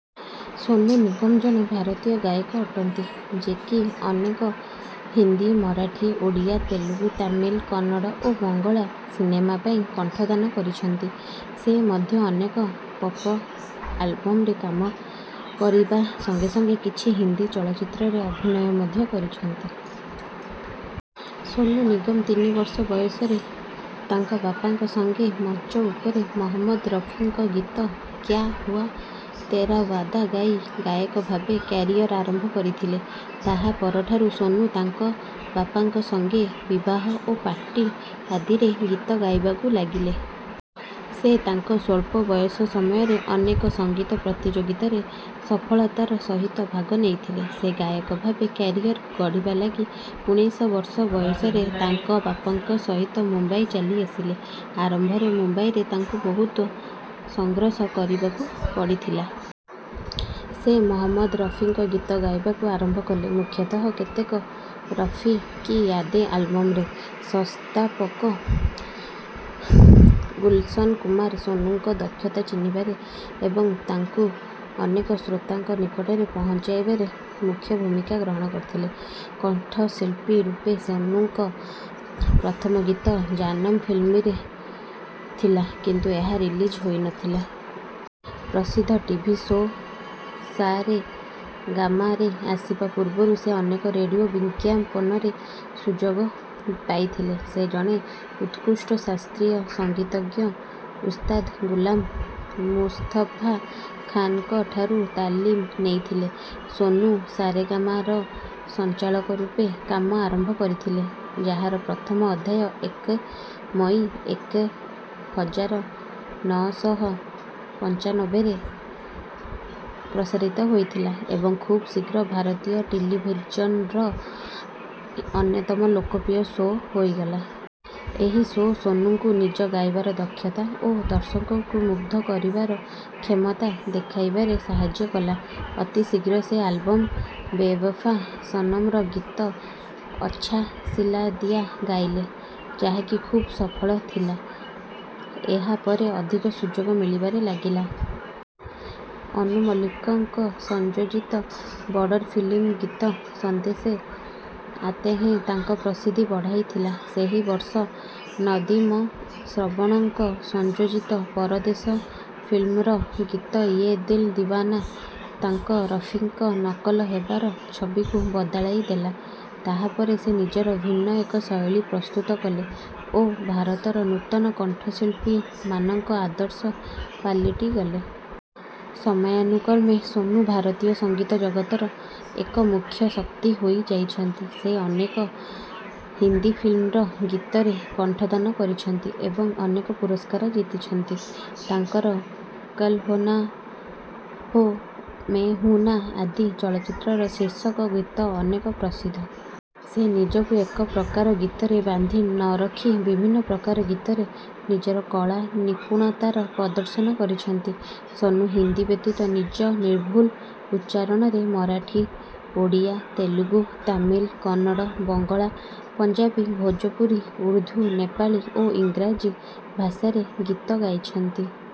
ସୋନୁ ନିଗମ ଜଣେ ଭାରତୀୟ ଗାୟକ ଅଟନ୍ତି ଯେକି ଅନେକ ହିନ୍ଦୀ, ମରାଠୀ, ଓଡ଼ିଆ, ତେଲୁଗୁ, ତାମିଲ, କନ୍ନଡ ଓ ବଙ୍ଗଳା ସିନେମା ପାଇଁ କଣ୍ଠଦାନ କରିଛନ୍ତି। ସେ ମଧ୍ୟ ଅନେକ ପପ ଆଲବମରେ କାମ କରିବା ସଙ୍ଗେ ସଙ୍ଗେ କିଛି ହିନ୍ଦୀ ଚଳଚ୍ଚିତ୍ରରେ ଅଭିନୟ ମଧ୍ୟ କରିଛନ୍ତି। ସୋନୁ ନିଗମ ତିନି ବର୍ଷ ବୟସରେ ତାଙ୍କ ବାପାଙ୍କ ସଙ୍ଗେ ମଞ୍ଚ ଉପରେ ମହମ୍ମଦ ରଫିଙ୍କ ଗୀତ କ୍ୟା ହୁଆ ତେରା ୱାଦା ଗାଇ ଗାୟକ ଭାବେ କ୍ୟାରିୟର ଆରମ୍ଭ କରିଥିଲେ। ତାହା ପରଠାରୁ ସୋନୁ ତାଙ୍କ ବାପାଙ୍କ ସଙ୍ଗେ ବିବାହ ଓ ପାର୍ଟି ଆଦିରେ ଗୀତ ଗାଇବାକୁ ଲାଗିଲେ। ସେ ତାଙ୍କ ସ୍ୱଳ୍ପ ବୟସ ସମୟରେ ଅନେକ ସଙ୍ଗୀତ ପ୍ରତିଯୋଗିତାରେ ସଫଳତାର ସହିତ ଭାଗ ନେଇଥିଲେ। ସେ ଗାୟକ ଭାବେ କ୍ୟାରିୟର ଗଢ଼ିବା ଲାଗି ଉଣେଇଶ ବର୍ଷ ବୟସରେ ତାଙ୍କ ବାପାଙ୍କ ସହିତ ମୁମ୍ବାଇ ଚାଲିଆସିଲେ। ଆରମ୍ଭରେ ମୁମ୍ବାଇରେ ତାଙ୍କୁ ବହୁତ ସଂଘର୍ଷ କରିବାକୁ ପଡ଼ିଥିଲା। ସେ ମହମ୍ମଦ ରଫିଙ୍କ ଗୀତ ଗାଇବାକୁ ଆରମ୍ଭ କଲେ, ମୁଖ୍ୟତଃ କେତେକ ରଫି କି ୟାଦେଁ ଆଲବମରେ। ସଂସ୍ଥାପକ ଗୁଲଶନ କୁମାର ସୋନୁଙ୍କ ଦକ୍ଷତା ଚିହ୍ନିବାରେ ଏବଂ ତାଙ୍କୁ ଅନେକ ଶ୍ରୋତାଙ୍କ ନିକଟରେ ପହଞ୍ଚାଇବାରେ ମୁଖ୍ୟ ଭୂମିକା ଗ୍ରହଣ କରିଥିଲେ। କଣ୍ଠଶିଳ୍ପୀ ରୂପେ ସୋନୁଙ୍କ ପ୍ରଥମ ଗୀତ ଜାନମ ଫିଲ୍ମରେ ଥିଲା, କିନ୍ତୁ ଏହା ରିଲିଜ ହୋଇନଥିଲା। ପ୍ରସିଦ୍ଧ ଟିଭି ଶୋ ସା ରେ ଗା ମା ରେ ଆସିବା ପୂର୍ବରୁ ସେ ଅନେକ ରେଡିଓ ବିଜ୍ଞାପନରେ ସୁଯୋଗ ପାଇଥିଲେ। ସେ ଜଣେ ଉତ୍କୃଷ୍ଟ ଶାସ୍ତ୍ରୀୟ ସଙ୍ଗୀତଜ୍ଞ ଉସ୍ତାଦ ଗୁଲାମ ମୁସ୍ତଫା ଖାନଙ୍କ ଠାରୁ ତାଲିମ ନେଇଥିଲେ। ସୋନୁ ସା ରେ ଗା ମା ର ସଞ୍ଚାଳକ ରୂପେ କାମ ଆରମ୍ଭ କରିଥିଲେ, ଯାହାର ପ୍ରଥମ ଅଧ୍ୟାୟ ଏକ ମଇ ଏକ ହଜାର ନଅ ଶହ ପଞ୍ଚାନବେ ରେ ପ୍ରସାରିତ ହୋଇଥିଲା ଏବଂ ଖୁବ ଶୀଘ୍ର ଭାରତୀୟ ଟେଲିଭିଜନର ଅନ୍ୟତମ ଲୋକପ୍ରିୟ ଶୋ ହୋଇଗଲା। ଏହି ଶୋ ସୋନୁଙ୍କୁ ନିଜ ଗାଇବାର ଦକ୍ଷତା ଓ ଦର୍ଶକଙ୍କୁ ମୁଗ୍ଧ କରିବାର କ୍ଷମତା ଦେଖାଇବାରେ ସାହାଯ୍ୟ କଲା। ଅତି ଶୀଘ୍ର ସେ ଆଲବମ ବେୱଫା ସନମ ର ଗୀତ ଅଚ୍ଛା ସିଲା ଦିଆ ଗାଇଲେ, ଯାହାକି ଖୁବ ସଫଳ ଥିଲା। ଏହା ପରେ ଅଧିକ ସୁଯୋଗ ମିଳିବାରେ ଲାଗିଲା। ଅନୁ ମଲିକଙ୍କ ସଂଯୋଜିତ ବର୍ଡର ଫିଲ୍ମର ଗୀତ ସନ୍ଦେଶେ ଆତେ ହେଁ ତାଙ୍କ ପ୍ରସିଦ୍ଧି ବଢ଼ାଇଥିଲା। ସେହି ବର୍ଷ ନଦୀମ ଶ୍ରବଣଙ୍କ ସଂଯୋଜିତ ପରଦେଶ ଫିଲ୍ମର ଗୀତ ୟେ ଦିଲ ଦିୱାନା ତାଙ୍କ ରଫିଙ୍କ ନକଲ ହେବାର ଛବିକୁ ବଦଳାଇଦେଲା। ତାହା ପରେ ସେ ନିଜର ଭିନ୍ନ ଏକ ଶୈଳୀ ପ୍ରସ୍ତୁତ କଲେ ଓ ଭାରତର ନୂତନ କଣ୍ଠଶିଳ୍ପୀମାନଙ୍କ ଆଦର୍ଶ ପାଲଟିଗଲେ। ସମୟାନୁକ୍ରମେ ସୋନୁ ଭାରତୀୟ ସଙ୍ଗୀତ ଜଗତର ଏକ ମୁଖ୍ୟ ଶକ୍ତି ହୋଇଯାଇଛନ୍ତି। ସେ ଅନେକ ହିନ୍ଦୀ ଫିଲ୍ମର ଗୀତରେ କଣ୍ଠଦାନ କରିଛନ୍ତି ଏବଂ ଅନେକ ପୁରସ୍କାର ଜିତିଛନ୍ତି। ତାଙ୍କର କଲ ହୋ ନା ହୋ ଓ ମେଁ ହୁଁ ନା ଆଦି ଚଳଚ୍ଚିତ୍ରର ଶୀର୍ଷକ ଗୀତ ଅନେକ ପ୍ରସିଦ୍ଧ। ସେ ନିଜକୁ ଏକ ପ୍ରକାର ଗୀତରେ ବାନ୍ଧି ନ ରଖି ବିଭିନ୍ନ ପ୍ରକାର ଗୀତରେ ନିଜର କଳା ନିପୁଣତାର ପ୍ରଦର୍ଶନ କରିଛନ୍ତି। ସୋନୁ ହିନ୍ଦୀ ବ୍ୟତୀତ ନିଜ ନିର୍ଭୁଲ ଉଚ୍ଚାରଣରେ ମରାଠୀ, ଓଡ଼ିଆ, ତେଲୁଗୁ, ତାମିଲ, କନ୍ନଡ, ବଙ୍ଗଳା, ପଞ୍ଜାବୀ, ଭୋଜପୁରୀ, ଉର୍ଦ୍ଦୁ, ନେପାଳୀ ଓ ଇଂରାଜୀ ଭାଷାରେ ଗୀତ ଗାଇଛନ୍ତି।